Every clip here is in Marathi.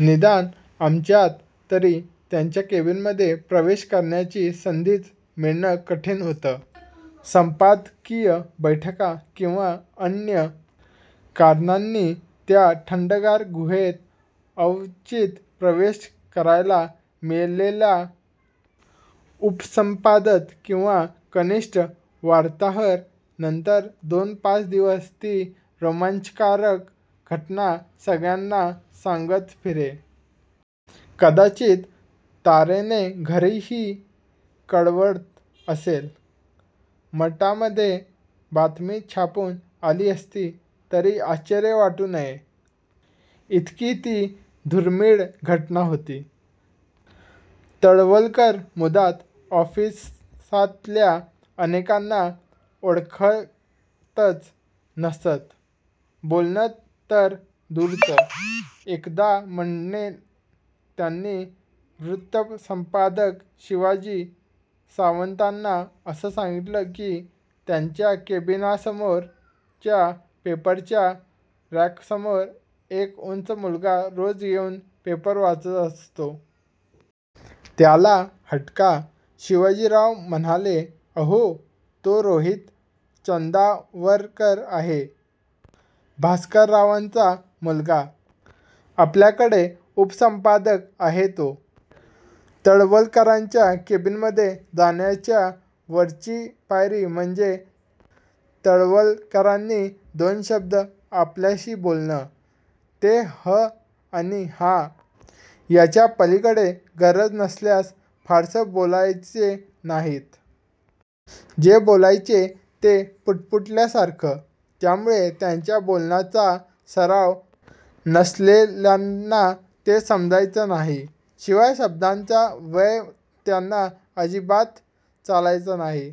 निदान आमच्यात तरी. त्यांच्या केबिनमध्ये प्रवेश करण्याची संधीच मिळणं कठीण होतं. संपादकीय बैठका किंवा अन्य कारणांनी त्या थंडगार गुहेत अवचित प्रवेश करायला मिळालेला उपसंपादक किंवा कनिष्ठ वार्ताहर नंतर दोन-पाच दिवस ती रोमांचकारक घटना सगळ्यांना सांगत फिरे. कदाचित तारेने घरीही कळवत असेल. मटामध्ये बातमी छापून आली असती, तरी आश्चर्य वाटू नये, इतकी ती दुर्मीळ घटना होती. तळवलकर मुळात ऑफिसातल्या अनेकांना ओळखतच नसत. बोलणं तर दूरच. एकदा म्हणे त्यांनी वृत्तसंपादक शिवाजी सावंतांना असं सांगितलं की, त्यांच्या केबिनसमोरच्या पेपरच्या रॅकसमोर एक उंच मुलगा रोज येऊन पेपर वाचत असतो. त्याला हटका. शिवाजीराव म्हणाले, अहो, तो रोहित चंदावरकर आहे, भास्कररावांचा मुलगा. आपल्याकडे उपसंपादक आहे तो. तळवलकरांच्या केबिनमध्ये जाण्याच्या वरची पायरी म्हणजे तळवलकरांनी दोन शब्द आपल्याशी बोलणं. ते हं आणि हँ याच्यापलीकडे गरज नसल्यास फारसं बोलायचे नाहीत. जे बोलायचे, ते पुटपुटल्यासारखं. त्यामुळे त्यांच्या बोलण्याचा सराव नसलेल्यांना ते समजायचं नाही. शिवाय शब्दांचा व्यय त्यांना अजिबात चालायचा नाही.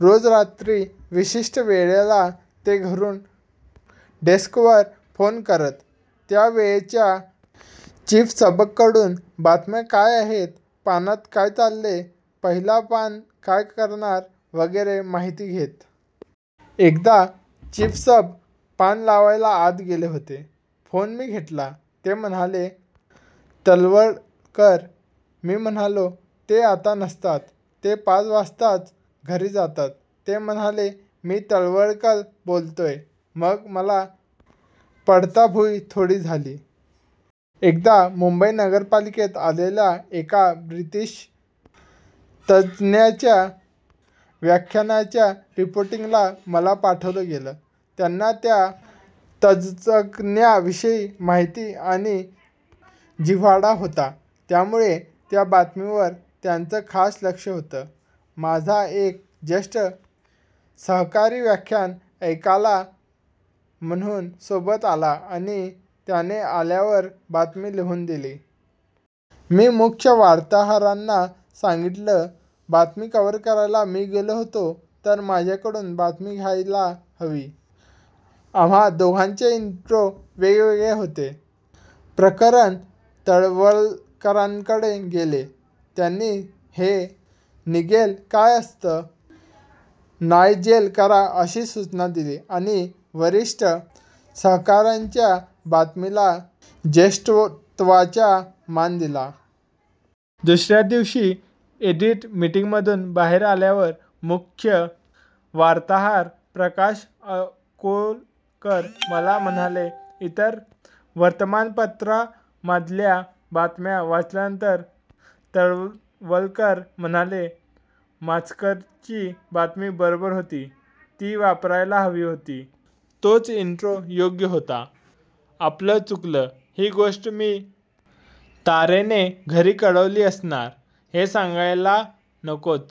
रोज रात्री विशिष्ट वेळेला ते घरून डेस्कवर फोन करत. त्या वेळच्या चीफसबकडून बातम्या काय आहेत, पानात काय चाललंय, पहिलं पान काय करणार वगैरे माहिती घेत. एकदा चीफसब पान लावायला आत गेले होते. फोन मी घेतला. ते म्हणाले, तळवलकर. मी म्हणालो, ते आता नसतात. ते पाच वाजताच घरी जातात. ते म्हणाले, मी तळवलकर बोलतोय. मग मला पळता भुई थोडी झाली! एकदा मुंबई महानगरपालिकेत आलेल्या एका ब्रिटिश तज्ज्ञाच्या व्याख्यानाच्या रिपोर्टिंगला मला पाठवलं गेलं. त्यांना त्या तज्ज्ञाविषयी माहिती आणि जिव्हाळा होता. त्यामुळे त्या बातमीवर त्यांचं खास लक्ष होतं. माझा एक ज्येष्ठ सहकारी व्याख्यान ऐकायला म्हणून सोबत आला आणि त्याने आल्यावर बातमी लिहून दिली. मी मुख्य वार्ताहरांना सांगितलं, बातमी कव्हर करायला मी गेलो होतो, तर माझ्याकडून बातमी घ्यायला हवी. आम्हा दोघांचे इन्ट्रो वेगवेगळे होते. प्रकरण तळवलकरांकडे गेलं. त्यांनी हे निगेल काय असतं, नायजेल करा अशी सूचना केली आणि वरिष्ठ सहकाऱ्याच्या बातमीला ज्येष्ठत्वाचा मान दिला. दुसऱ्या दिवशी एडिट मीटिंगमधून बाहेर आल्यावर मुख्य वार्ताहर प्रकाश अकोलकर मला म्हणाले, इतर वर्तमानपत्रांमधल्या बातम्या वाचल्यानंतर तळवलकर म्हणाले, माचकरची बातमी बरोबर होती. ती वापरायला हवी होती. तोच इन्ट्रो योग्य होता. आपलं चुकलं. ही गोष्ट मी तारेने घरी कळवली असणार, हे सांगायला नकोच.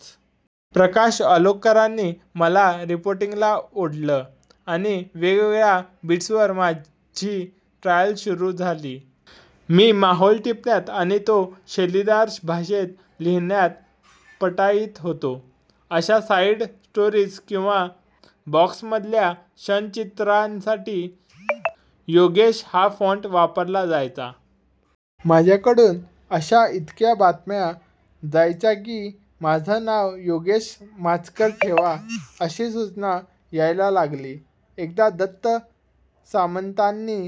प्रकाश अकोलकरांनी मला रिपोर्टिंगला ओढलं आणि वेगवेगळ्या बीट्सवर माझी ट्रायल सुरू झाली. मी माहौल टिपण्यात आणि तो शैलीदार भाषेत लिहिण्यात पटाईत होतो. अशा साइड स्टोरीज किंवा बॉक्समधल्या क्षणचित्रांसाठी योगेश हा फॉन्ट वापरला जायचा. माझ्याकडून अशा इतक्या बातम्या जायच्या की, माझं नाव योगेश माचकर ठेवा, अशी सूचना यायला लागली. एकदा दत्ता सामंतांनी